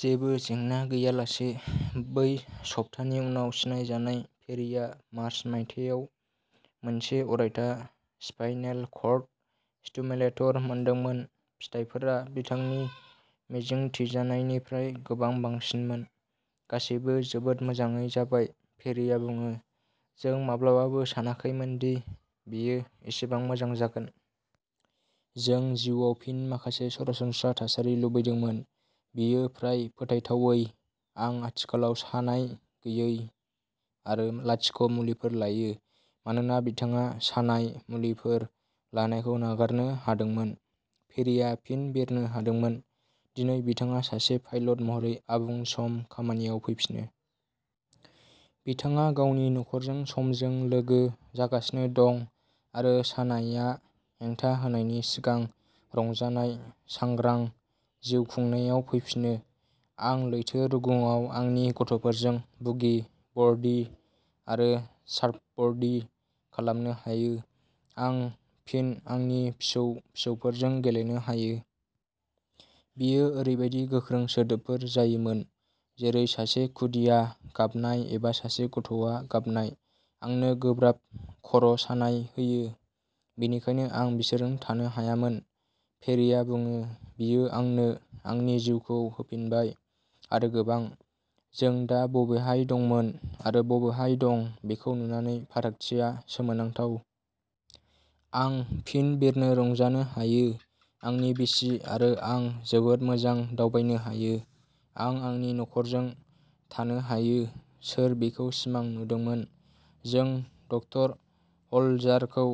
जेबो जेंना गैयालासे। ब्रै सप्तानि उनाव सिनायजानाय, पेरिआ मार्च मायथाइयाव मोनसे अरायथा स्पाइनेल कर्ड स्टिमुलेटर मोनदोंमोन। फिथायफोरा बिथांनि मिजिंथिजानायनिफ्राय गोबां बांसिनमोन। "गासैबो जोबोद मोजाङै जाबाय", पेरिआ बुङो। "जों माब्लाबाबो सानाखैमोनदि बेयो एसेबां मोजां जागोन। जों जिउआव फिन माखासे सरासनस्रा थासारि लुबैदोंमोन। बेयो फ्राय फोथायथावै। आं आथिखालाव सानाय-गैयै आरो लाथिख'मुलिफोर लायो। " मानोना बिथाङा सानाय मुलिफोर लानायखौ नागारनो हादोंमोन, पेरिआ फिन बिरनो हादोंमोन। दिनै बिथाङा सासे पाइलट महरै आबुं-सम खामानियाव फैफिनो। बिथाङा गावनि नखरजों समजों लोगो जागासिनो दं आरो सानायआ हेंथा होनायनि सिगां रंजानाय सांग्रां जिउ खुंनायाव फैफिनो। "आं लैथो रुगुङाव आंनि गथ'फोरजों बुगि बर्डिं आरो सार्फब'र्डिं खालामनो हायो। आं फिन आंनि फिसौ-फिसौफोरजों गेलेनो हायो। बेयो ओरैबायदि गोख्रों सोदोबफोर जायोमोन, जेरै सासे खुदिया गाबनाय एबा सासे गथ'आ गाबनाय, आंनो गोब्राब खर'सानाय होयो, बेनिखायनो आं बिसोरजों थानो हायामोन। " पेरीआ बुङो। "बेयो आंनो आंनि जिउखौ होफिनबाय, आरो गोबां। जों दा बबेहाय दंमोन आरो बबेहाय दं बेखौ नुनानै, फारागथिया सोमोनांथाव। आं फिन बिरनो रंजानो हायो। आंनि बिसि आरो आं जोबोद मोजां दावबायनो हायो। आं आंनि नख'रजों थानो हायो। सोर बेखौ सिमां नुदोंमोन? जों ड. ह'लजारखौ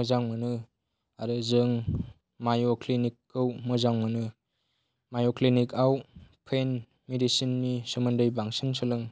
मोजां मोनो, आरो जों माय'क्लिनिकखौ मोजां मोनो। " माय'क्लिनिकआव पेइन मेडिसिननि सोमोन्दै बांसिन सोलों।